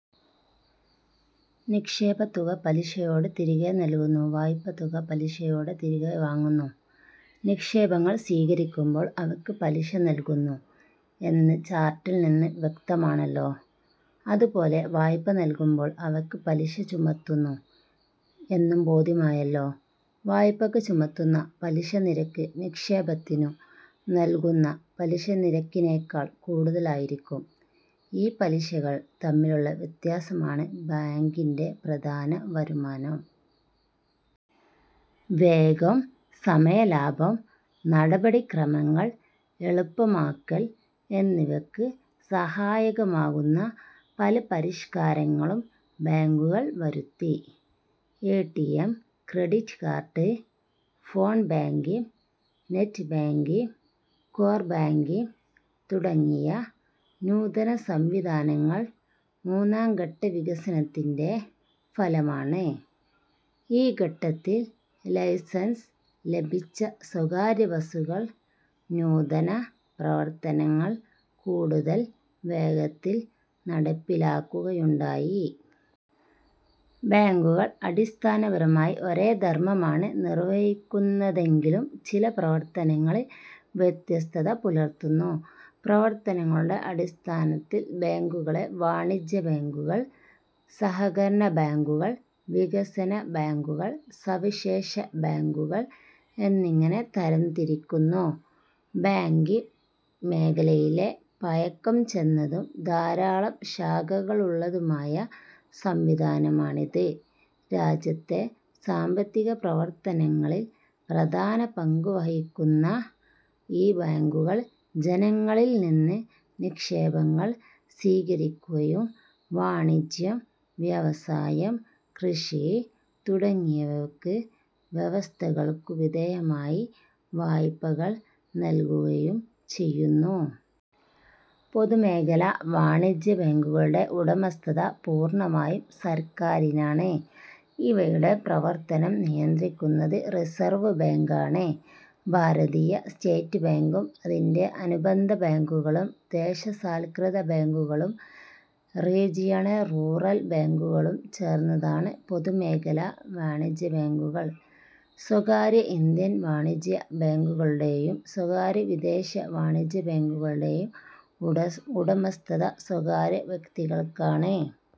നിക്ഷേപത്തുക പലിശയോടെ തിരികെ നൽകുന്നു. വായ്പത്തുക പലിശയോടെ തിരികെ വാങ്ങുന്നു. നിക്ഷേപങ്ങൾ സ്വീകരിക്കുമ്പോൾ അവയ്ക്ക് പലിശ നൽകുന്നു എന്ന് ചാർട്ടിൽനിന്ന് വ്യക്തമാണല്ലോ. അതുപോലെ വായ്പ നൽകുമ്പോൾ അവയ്ക്ക് പലിശ ചുമത്തുന്നു എന്നും ബോധ്യമായല്ലോ. വായ്പയ്ക്ക് ചുമത്തുന്ന പലിശനിരക്ക് നിക്ഷേപത്തിനു നൽകുന്ന പലിശനിരക്കിനേക്കാൾ കൂടുതലായിരിക്കും. ഈ പലിശകൾ തമ്മിലുള്ള വ്യത്യാസമാണ് ബാങ്കിന്റെ പ്രധാന വരുമാനം. വേഗം, സമയലാഭം, നടപടിക്രമങ്ങൾ എളുപ്പമാക്കൽ എന്നിവയ്ക്ക് സഹായകമാകുന്ന പല പരിഷ്കാരങ്ങളും ബാങ്കുകൾ വരുത്തി. A. T. M, credit card, phone banking, net banking, core banking തുടങ്ങിയ നൂതനസംവിധാനങ്ങൾ മൂന്നാംഘട്ടവികസനത്തിന്റെ ഫലമാണ്. ഈ ഘട്ടത്തിൽ ലൈസൻസ് ലഭിച്ച സ്വകാര്യബസുകൾ നൂതനപ്രവർത്തനങ്ങൾ കൂടുതൽ വേഗത്തിൽ നടപ്പിലാക്കുകയുണ്ടായി. ബാങ്കുകൾ അടിസ്ഥാനപരമായി ഒരേ ധർമമാണ് നിർവഹിക്കുന്നതെങ്കിലും ചില പ്രവർത്തനങ്ങളിൽ വ്യത്യസ്തത പുലർത്തുന്നു. പ്രവർത്തനങ്ങളുടെ അടിസ്ഥാനത്തിൽ ബാങ്കുകളെ വാണിജ്യ ബാങ്കുകൾ, സഹകരണ ബാങ്കുകൾ, വികസന ബാങ്കുകൾ, സവിശേഷ ബാങ്കുകൾ എന്നിങ്ങനെ തരംതിരിക്കുന്നു. ബാങ്കിങ് മേഖലയിലെ പഴക്കം ചെന്നതും ധാരാളം ശാഖകളുള്ളതുമായ സംവിധാനമാണിത്. രാജ്യത്തെ സാമ്പത്തികപ്രവർത്തനങ്ങളിൽ പ്രധാന പങ്കു വഹിക്കുന്ന ഈ ബാങ്കുകൾ ജനങ്ങളിൽനിന്ന് നിക്ഷേപങ്ങൾ സ്വീകരിക്കുകയും വാണിജ്യം, വ്യവസായം, കൃഷി തുടങ്ങിയവയ്ക്ക് വ്യവസ്ഥകൾക്കു വിധേയമായി വായ്പകൾ നൽകുകയും ചെയ്യുന്നു. പൊതുമേഖലാ വാണിജ്യ ബാങ്കുകളുടെ ഉടമസ്ഥത പൂർണമായും സർക്കാരിനാണ്. ഇവയുടെ പ്രവർത്തനം നിയന്ത്രിക്കുന്നത് റിസർവ് ബാങ്കാണ്. ഭാരതീയ സ്റ്റേറ്റ് ബാങ്കും അതിന്റെ അനുബന്ധ ബാങ്കുകളും ദേശ സാൽകൃത ബാങ്കുകളും റീജിയണൽ റൂറൽ ബാങ്കുകളും ചേർന്നതാണ് പൊതുമേഖലാ വാണിജ്യബാങ്കുകൾ. സ്വകാര്യ ഇന്ത്യൻ വാണിജ്യ ബാങ്കുകളുടെയും സ്വകാര്യ വിദേശ വാണിജ്യബാങ്കുകളുടെയും ഉടമസ്ഥത സ്വകാര്യ വ്യക്തികൾക്കാണ്.